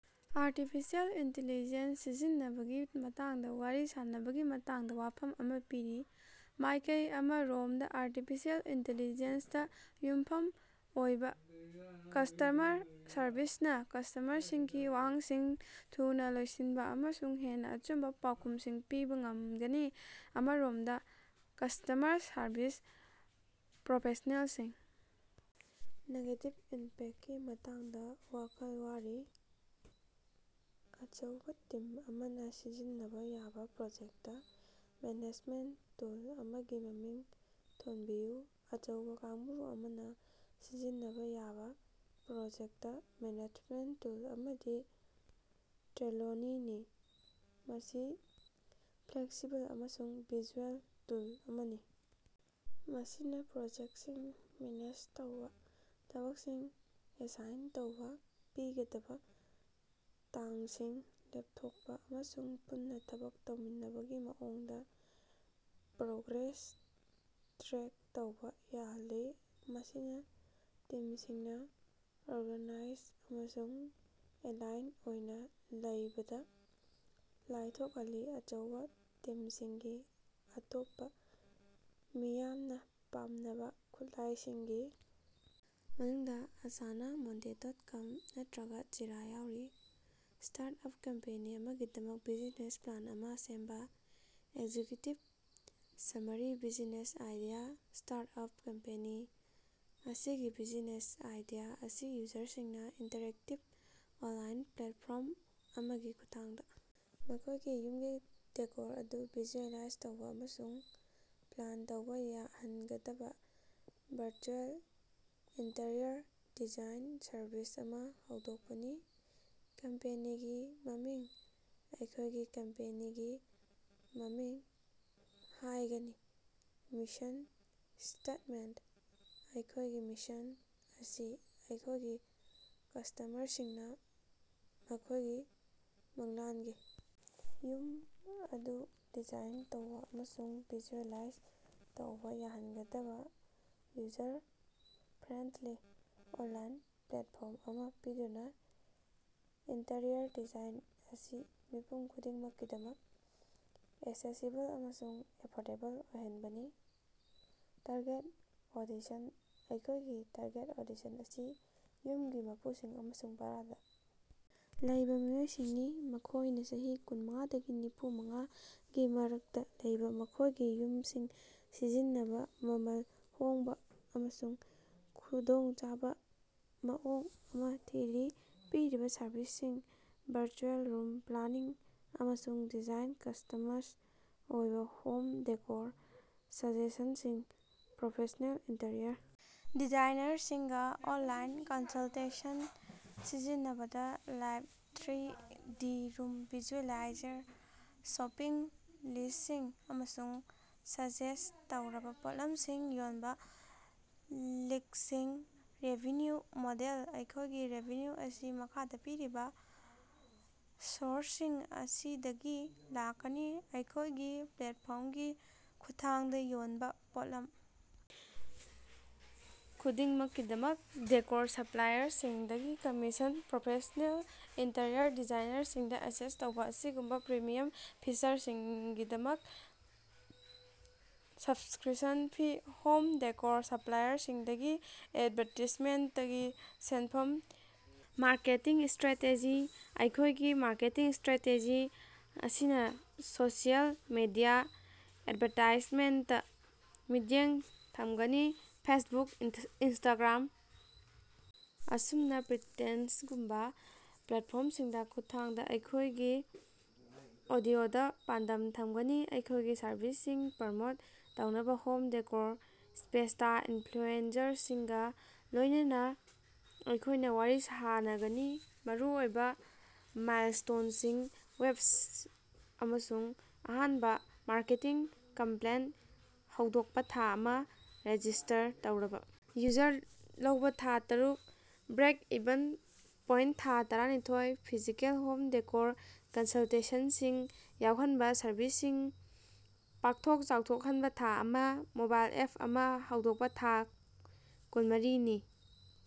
Artificial intelligence ꯁꯤꯖꯤꯟꯅꯕꯒꯤ ꯃꯇꯥꯡꯗ ꯋꯥꯔꯤ ꯁꯥꯅꯕꯒꯤ ꯃꯇꯥꯡꯗ ꯋꯥꯐꯝ ꯑꯃ ꯄꯤꯔꯤ꯫ ꯃꯥꯏꯀꯩ ꯑꯃꯔꯣꯝꯗ, ꯑꯥꯔꯇꯤꯐꯤꯁꯤꯑꯦꯜ ꯏꯟꯇꯤꯂꯤꯖꯦꯟꯁ ꯇꯥ ꯌꯨꯝꯐꯝ ꯑꯣꯏꯕ ꯀꯁ꯭ꯇꯃꯔ ꯁꯔꯕꯤꯁꯅꯥ ꯀꯁ꯭ꯇꯃꯔꯁꯤꯡꯒꯤ ꯋꯥꯍꯪꯁꯤꯡ ꯊꯨꯅ ꯂꯣꯏꯁꯤꯟꯕ ꯑꯃꯁꯨꯡ ꯍꯦꯟꯅ ꯑꯆꯨꯝꯕ ꯄꯥꯎꯈꯨꯝꯁꯤꯡ ꯄꯤꯕ ꯉꯝꯒꯅꯤ꯫ ꯑꯃꯔꯣꯝꯗ, ꯀꯁ꯭ꯇꯃꯔ ꯁꯔꯕꯤꯁ ꯄ꯭ꯔꯣꯐꯦꯁ꯭ꯅꯦꯜꯁꯤꯡ ꯅꯦꯒꯦꯇꯤꯕ ꯏꯝꯄꯦꯛꯇꯀꯤ ꯃꯇꯥꯡꯗ ꯋꯥꯈꯜ ꯋꯥꯔꯤ꯫ ꯑꯆꯧꯕ ꯇꯤꯝ ꯑꯃꯅ ꯁꯤꯖꯤꯟꯅꯕ ꯌꯥꯕ ꯄ꯭ꯔꯣꯖꯦꯛꯇ ꯃꯦꯅꯦꯖꯃꯦꯟꯇ ꯇꯨꯜ ꯑꯃꯒꯤ ꯃꯃꯤꯡ ꯊꯣꯟꯕꯤꯌꯨ꯫ ꯑꯆꯧꯕ ꯀꯥꯡꯕꯨ ꯑꯃꯅ ꯁꯤꯖꯤꯟꯅꯕ ꯌꯥꯕ ꯄ꯭ꯔꯣꯖꯦꯛꯇ ꯃꯦꯅꯦꯖꯃꯦꯟꯇ ꯇꯨꯜ ꯑꯃꯗꯤ ꯇ꯭ꯔꯦꯂꯣ ꯅꯤ꯫ ꯃꯁꯤ ꯐ꯭ꯂꯦꯛꯁꯤꯕꯜ ꯑꯃꯁꯨꯡ ꯚꯤꯖꯨꯑꯦꯜ ꯇꯨꯜ ꯑꯃꯅꯤ ꯃꯁꯤꯅ ꯄ꯭ꯔꯣꯖꯦꯛꯇꯁꯤꯡ ꯃꯦꯅꯦꯖ ꯇꯧꯕ, ꯊꯕꯛꯁꯤꯡ ꯑꯦꯁꯥꯏꯟ ꯇꯧꯕ, ꯄꯤꯒꯗꯕ ꯇꯥꯡꯁꯤꯡ ꯂꯦꯞꯊꯣꯛꯄ ꯑꯃꯁꯨꯡ ꯄꯨꯟꯅ ꯊꯕꯛ ꯇꯧꯃꯤꯟꯅꯕꯒꯤ ꯃꯑꯣꯡꯗ ꯄ꯭ꯔꯣꯒ꯭ꯔꯦꯁ ꯇ꯭ꯔꯦꯛ ꯇꯧꯕ ꯌꯥꯍꯜꯂꯤ, ꯃꯁꯤꯅ ꯇꯤꯝꯁꯤꯡꯅ ꯑꯣꯔꯒꯥꯅꯥꯏꯖ ꯑꯃꯁꯨꯡ ꯑꯦꯂꯥꯏꯟ ꯑꯣꯏꯅ ꯂꯩꯕꯗ ꯂꯥꯏꯊꯣꯛꯍꯜꯂꯤ꯫ ꯑꯆꯧꯕ ꯇꯤꯝꯁꯤꯡꯒꯤ ꯑꯇꯣꯞꯄ ꯃꯤꯌꯥꯝꯅ ꯄꯥꯝꯅꯕ ꯈꯨꯠꯂꯥꯏꯁꯤꯡꯒꯤ ꯃꯅꯨꯡꯗ ꯑꯥꯁꯥꯅꯥ, ꯃꯣꯟꯗꯦ ꯗꯣꯠ ꯀꯝ ꯅꯠꯇꯔꯒ ꯖꯤꯔꯥ ꯌꯥꯎꯔꯤ꯫ ꯁ꯭ꯇꯥꯔꯠ-ꯑꯞ ꯀꯝꯄꯦꯅꯤ ꯑꯃꯒꯤꯗꯃꯛ ꯕꯤꯖꯤꯅꯦꯁ ꯄ꯭ꯂꯥꯟ ꯑꯃ ꯁꯦꯝꯕ꯫ Executive summary - business idea - startup company ꯑꯁꯤꯒꯤ ꯕꯤꯖꯤꯅꯦꯁ ꯑꯥꯏꯗꯤꯌꯥ ꯑꯁꯤ ꯌꯨꯖꯔꯁꯤꯡꯅ ꯏꯟꯇꯔꯦꯛꯇꯤꯕ ꯑꯣꯟꯂꯥꯏꯟ ꯄ꯭ꯂꯦꯠꯐꯣꯔꯝ ꯑꯃꯒꯤ ꯈꯨꯠꯊꯥꯡꯗ ꯃꯈꯣꯏꯒꯤ ꯌꯨꯝꯒꯤ ꯗꯦꯀꯣꯔ ꯑꯗꯨ ꯚꯤꯖꯨꯑꯦꯂꯥꯏꯖ ꯇꯧꯕ ꯑꯃꯁꯨꯡ ꯄ꯭ꯂꯥꯟ ꯇꯧꯕ ꯌꯥꯍꯟꯒꯗꯕ ꯚꯔꯆꯨꯑꯦꯜ ꯏꯟꯇꯤꯔꯤꯌꯔ ꯗꯤꯖꯥꯏꯟ ꯁꯔꯚꯤꯁ ꯑꯃ ꯍꯧꯗꯣꯛꯄꯅꯤ꯫ ꯀꯝꯄꯦꯅꯤꯒꯤ ꯃꯃꯤꯡ - ꯑꯩꯈꯣꯏꯒꯤ ꯀꯝꯄꯦꯅꯤꯒꯤ ꯃꯃꯤꯡ ꯍꯥꯏꯒꯅꯤ꯫ ꯃꯤꯁꯟ ꯁ꯭ꯇꯦꯠꯃꯦꯟꯇ - ꯑꯩꯈꯣꯏꯒꯤ ꯃꯤꯁꯟ ꯑꯁꯤ ꯑꯩꯈꯣꯏꯒꯤ ꯀꯁ꯭ꯇꯃꯔꯁꯤꯡꯅ ꯃꯈꯣꯏꯒꯤ ꯃꯪꯂꯥꯟꯒꯤ ꯌꯨꯝ ꯑꯗꯨ ꯗꯤꯖꯥꯏꯟ ꯇꯧꯕ ꯑꯃꯁꯨꯡ ꯚꯤꯖꯨꯑꯦꯂꯥꯏꯖ ꯇꯧꯕ ꯌꯥꯍꯟꯒꯗꯕ ꯌꯨꯖꯔ-ꯐ꯭ꯔꯦꯟꯗꯂꯤ ꯑꯣꯟꯂꯥꯏꯟ ꯄ꯭ꯂꯦꯠꯐꯣꯔꯝ ꯑꯃ ꯄꯤꯗꯨꯅ, ꯏꯟꯇꯤꯔꯤꯌꯔ ꯗꯤꯖꯥꯏꯟ ꯑꯁꯤ ꯃꯤꯄꯨꯝ ꯈꯨꯗꯤꯡꯃꯛꯀꯤꯗꯃꯛ ꯑꯦꯛꯁꯦꯁꯤꯕꯜ ꯑꯃꯁꯨꯡ ꯑꯦꯐꯣꯔꯗꯦꯕꯜ ꯑꯣꯏꯍꯟꯕꯅꯤ꯫ ꯇꯥꯔꯒꯦꯠ ꯑꯣꯗꯤꯁꯟ - ꯑꯩꯈꯣꯏꯒꯤ ꯇꯥꯔꯒꯦꯠ ꯑꯣꯗꯤꯁꯟ ꯑꯁꯤ ꯌꯨꯝꯒꯤ ꯃꯄꯨꯁꯤꯡ ꯑꯃꯁꯨꯡ ꯚꯥꯔꯥꯗ ꯂꯩꯕ ꯃꯤꯑꯣꯏꯁꯤꯡꯅꯤ, ꯃꯈꯣꯏꯅ ꯆꯍꯤ ꯀꯨꯟꯃꯉꯥꯥꯗꯒꯤ ꯅꯤꯐꯨꯃꯉꯥꯒꯤ ꯃꯔꯛꯇ ꯂꯩꯕ, ꯃꯈꯣꯏꯒꯤ ꯌꯨꯝꯁꯤꯡ ꯁꯦꯝꯖꯤꯟꯅꯕꯥ ꯃꯃꯜ ꯍꯣꯡꯕ ꯑꯃꯁꯨꯡ ꯈꯨꯗꯣꯡꯆꯥꯕ ꯃꯑꯣꯡ ꯑꯃ ꯊꯤꯔꯤ꯫ ꯄꯤꯔꯤꯕ ꯁꯔꯚꯤꯁꯁꯤꯡ - ꯚꯔꯆꯨꯑꯦꯜ ꯔꯨꯝ ꯄ꯭ꯂꯥꯅꯤꯡ ꯑꯃꯁꯨꯡ ꯗꯤꯖꯥꯏꯟ ꯀꯁ꯭ꯇꯃꯁ ꯑꯣꯏꯕ ꯍꯣꯝ ꯗꯦꯀꯣꯔ ꯁꯥꯖꯦꯁꯟꯁꯤꯡ ꯄ꯭ꯔꯣꯐꯦꯁ꯭ꯅꯦꯜ ꯏꯟꯇꯤꯔꯤꯌꯔ ꯗꯤꯖꯥꯏꯅꯔꯁꯤꯡꯒ ꯑꯣꯟꯂꯥꯏꯟ ꯀꯟꯁꯜꯇꯦꯁꯟ ꯁꯤꯖꯤꯟꯅꯕꯗꯥ live three D room visualiser shopping ꯂꯤꯁ꯭ꯠꯁꯤꯡ ꯑꯃꯁꯨꯡ ꯁꯖꯦꯁ꯭ꯠ ꯇꯧꯔꯕ ꯄꯣꯠꯂꯝꯁꯤꯡ ꯌꯣꯟꯕ ꯂꯤꯡ꯭ꯀꯁꯤꯡ ꯔꯦꯚꯤꯅ꯭ꯌꯨ ꯃꯣꯗꯦꯜ - ꯑꯩꯈꯣꯏꯒꯤ ꯔꯦꯚꯤꯅ꯭ꯌꯨ ꯑꯁꯤ ꯃꯈꯥꯗ ꯄꯤꯔꯤꯕ ꯁꯣꯔꯁꯁꯤꯡ ꯑꯁꯤꯗꯒꯤ ꯂꯥꯛꯀꯅꯤ꯫ ꯑꯩꯈꯣꯏꯒꯤ ꯄ꯭ꯂꯦꯠꯐꯣꯔꯝꯒꯤ ꯈꯨꯠꯊꯥꯡꯗ ꯌꯣꯟꯕ ꯄꯣꯠꯂꯝ ꯈꯨꯗꯤꯡꯃꯛꯀꯤꯗꯃꯛ ꯗꯦꯀꯣꯔ ꯁꯄ꯭ꯂꯥꯏꯌꯔꯁꯤꯡꯗꯒꯤ ꯀꯝꯃꯤꯁꯟ, ꯄ꯭ꯔꯣꯐꯦꯁ꯭ꯅꯦꯜ ꯏꯟꯇꯤꯔꯤꯌꯔ ꯗꯤꯖꯥꯏꯅꯔꯁꯤꯡꯗ ꯑꯦꯛꯁꯦꯁ ꯇꯧꯕ ꯑꯁꯤꯒꯨꯝꯕ ꯄ꯭ꯔꯤꯃꯤꯌꯝ ꯐꯤꯆꯔꯁꯤꯡꯒꯤꯗꯃꯛ ꯁꯕꯁꯀ꯭ꯔꯤꯞꯁꯟ ꯐꯤ, ꯍꯣꯝ ꯗꯦꯀꯣꯔ ꯁꯄ꯭ꯂꯥꯏꯌꯔꯁꯤꯡꯗꯒꯤ ꯑꯦꯗꯚꯥꯔꯇꯥꯏꯖꯃꯦꯟꯇꯀꯤ ꯁꯦꯟꯐꯝ꯫ ꯃꯥꯔꯀꯦꯇꯤꯡ ꯁ꯭ꯇꯔꯦꯇꯦꯖꯤ - ꯑꯩꯈꯣꯏꯒꯤ ꯃꯥꯔꯀꯦꯇꯤꯡ ꯁ꯭ꯇꯔꯦꯇꯦꯖꯤ ꯑꯁꯤꯅ ꯁꯣꯁꯤꯑꯦꯜ ꯃꯤꯗꯤꯌꯥ ꯑꯦꯗꯚꯥꯔꯇꯥꯏꯖꯃꯦꯟꯇꯇꯥ ꯃꯤꯠꯌꯦꯡ ꯊꯝꯒꯅꯤ, ꯐꯦꯁꯕꯨꯛ, ꯏꯟꯁꯇꯥꯒ꯭ꯔꯥꯝ, ꯑꯃꯁꯨꯡ ꯄꯤꯟꯇꯦꯁ꯭ꯇꯒꯨꯝꯕ ꯄ꯭ꯂꯦꯠꯐꯣꯔ꯭ꯝꯁꯤꯡꯒꯤ ꯈꯨꯠꯊꯥꯡꯗ ꯑꯩꯈꯣꯏꯒꯤ ꯑꯣꯗꯤꯑꯣꯗ ꯄꯥꯟꯗꯝ ꯊꯝꯒꯅꯤ꯫ ꯑꯩꯈꯣꯏꯒꯤ ꯁꯔꯕꯤꯁꯁꯤꯡ ꯄ꯭ꯔꯃꯣꯠ ꯇꯧꯅꯕ ꯍꯣꯝ ꯗꯦꯀꯣꯔ ꯁ꯭ꯄꯦꯁꯇꯥ ꯏꯟꯐ꯭ꯂꯨꯑꯦꯟꯖꯔꯁꯤꯡꯒ ꯂꯣꯏꯅꯅ ꯑꯩꯈꯣꯏꯅ ꯋꯥꯔꯤ ꯁꯥꯅꯒꯅꯤ꯫ ꯃꯔꯨꯑꯣꯏꯕ ꯃꯥꯏꯜꯁ꯭ꯇꯣꯟꯁꯤꯡ: ꯋꯦꯕ ꯑꯃꯁꯨꯡ ꯑꯍꯥꯟꯕ ꯃꯥꯔꯀꯦꯇꯤꯡ ꯀꯦꯝꯄꯦꯟ ꯍꯧꯗꯣꯛꯄ ꯊꯥ ꯑꯃ, ꯔꯦꯖꯤꯁ꯭ꯇꯔ ꯇꯧꯔꯕꯥ ꯌꯨꯖꯔ ꯂꯧꯕ ꯊꯥ ꯇꯔꯨꯛ, ꯕ꯭ꯔꯦꯛ-ꯏꯚꯟ ꯄꯣꯏꯟꯇ ꯊꯥ ꯇꯔꯥꯅꯤꯊꯣꯏ, ꯐꯤꯖꯤꯀꯦꯜ ꯍꯣꯝ ꯗꯦꯀꯣꯔ ꯀꯟꯁꯜꯇꯦꯁꯟꯁꯤꯡ ꯌꯥꯎꯍꯟꯕ ꯁꯔꯚꯤꯁꯁꯤꯡ ꯄꯥꯛꯊꯣꯛ-ꯆꯥꯎꯊꯣꯛꯍꯟꯕ ꯊꯥ ꯑꯃ, ꯃꯣꯕꯥꯏꯜ ꯑꯦꯞ ꯑꯃ ꯍꯧꯗꯣꯛꯄ ꯊꯥ ꯀꯨꯟꯃꯔꯤ ꯅꯤ꯫